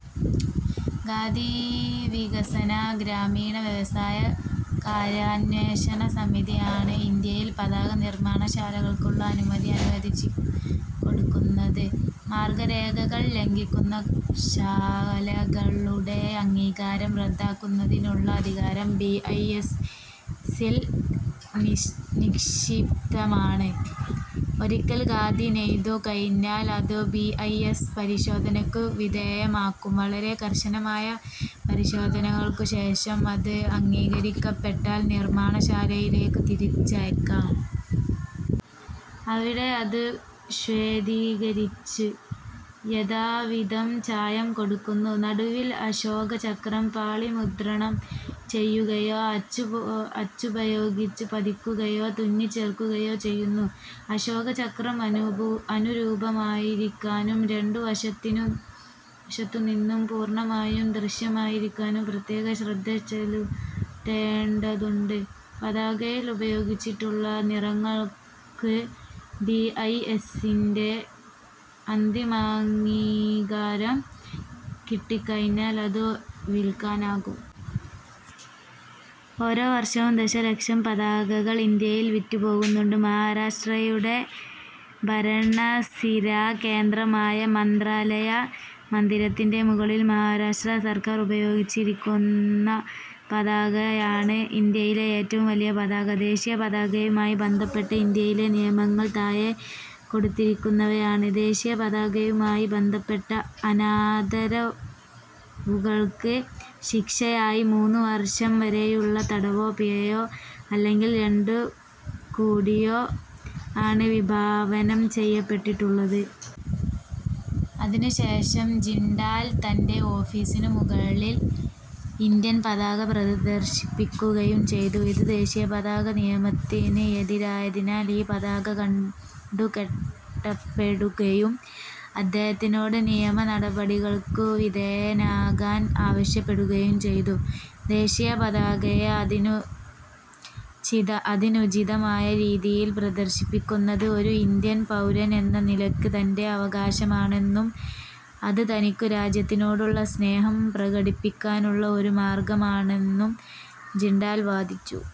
ഖാദി വികസന ഗ്രാമീണ വ്യവസായ കാര്യാന്വേഷണസമിതി, ആണു് ഇന്ത്യയിൽ പതാകനിർമ്മാണശാലകൾക്കുള്ള അനുമതി അനുവദിച്ചുകൊടുക്കുന്നതു്. മാർഗ്ഗരേഖകൾ ലംഘിക്കുന്ന ശാലകളുടെ അംഗീകാരം റദ്ദാക്കുന്നതിനുള്ള അധികാരം ബി. ഐ. എസ്. -ൽ നിക്ഷിപ്തമാണു്. ഒരിക്കൽ ഖാദി നെയ്തു കഴിഞ്ഞാൽ അതു ബി. ഐ. എസ് പരിശോധനയ്ക്കു വിധേയമാക്കും. വളരെ കർശനമായ പരിശോധനകൾക്കു ശേഷം അതു് അംഗീകരിക്കപ്പെട്ടാൽ നിർമ്മാണശാലയിലേക്കു തിരിച്ചയയ്ക്കും. അവിടെ അതു ശ്വേതീകരിച്ചു്, യഥാവിധം ചായം കൊടുക്കുന്നു. നടുവിൽ അശോകചക്രം പാളിമുദ്രണം ചെയ്യുകയോ അച്ചുപയോഗിച്ചു പതിക്കുകയോ തുന്നിച്ചേർക്കുകയോ ചെയ്യുന്നു. അശോകചക്രം അനുരൂപമായിരിക്കാനും രണ്ടു വശത്തുനിന്നും പൂർണ്ണമായും ദൃശ്യമായിരിക്കാനും പ്രത്യേക ശ്രദ്ധ ചെലുത്തേണ്ടതുണ്ടു്. പതാകയിൽ ഉപയോഗിച്ചിട്ടുള്ള നിറങ്ങൾക്കു് ബി. ഐ. എസിന്റെ അന്തിമാംഗീകാരം കിട്ടിക്കഴിഞ്ഞാൽ അതു വിൽക്കാനാകും. ഓരോ വർഷവും ദശലക്ഷം പതാകകൾ ഇന്ത്യയിൽ വിറ്റുപോകുന്നുണ്ട്. മഹാരാഷ്ട്രയുടെ ഭരണസിരാകേന്ദ്രമായ 'മന്ത്രാലയ' മന്ദിരത്തിന്റെ മുകളിൽ മഹാരാഷ്ട്ര സർക്കാർ ഉപയോഗിച്ചിരിക്കുന്ന പതാകയാണു് ഇന്ത്യയിലെ ഏറ്റവും വലിയ പതാക. ദേശീയ പതാകയുമായി ബന്ധപ്പെട്ട ഇന്ത്യയിലെ നിയമങ്ങൾ താഴെ കൊടുത്തിരിക്കുന്നവയാണ്. ദേശീയപതാകയുമായി ബന്ധപ്പെട്ട അനാദരവുകൾക്ക് ശിക്ഷയായി മൂന്നു വർഷം വരെയുള്ള തടവോ പിഴയോ അല്ലെങ്കിൽ രണ്ടും കൂടിയോ ആണ് വിഭാവനം ചെയ്യപ്പെട്ടിട്ടുള്ളത്. അതിനു ശേഷം ജിണ്ടാൽ തന്റെ ഓഫീസിനു മുകളിൽ ഇന്ത്യൻ പതാക പ്രദർശിപ്പിക്കുകയും ചെയ്തു. ഇതു ദേശീയപതാക നിയമത്തിന് എതിരായതിനാൽ ഈ പതാക കണ്ടുകെട്ടപ്പെടുകയും അദ്ദേഹത്തിനോട് നിയമനടപടികൾക്കു വിധേയനാകാൻ ആവശ്യപ്പെടുകയും ചെയ്തു. ദേശീയപതാകയെ അതിനുചിതമായ രീതിയിൽ പ്രദർശിപ്പിക്കുന്നത് ഒരു ഇന്ത്യൻ പൗരൻ എന്ന നിലയ്ക്ക് തന്റെ അവകാശമാണെന്നും അത് തനിക്കു രാജ്യത്തിനോടുള്ള സ്നേഹം പ്രകടിപ്പിക്കാനുള്ള ഒരു മാർഗ്ഗമാണെന്നും ജിണ്ടാൽ വാദിച്ചു.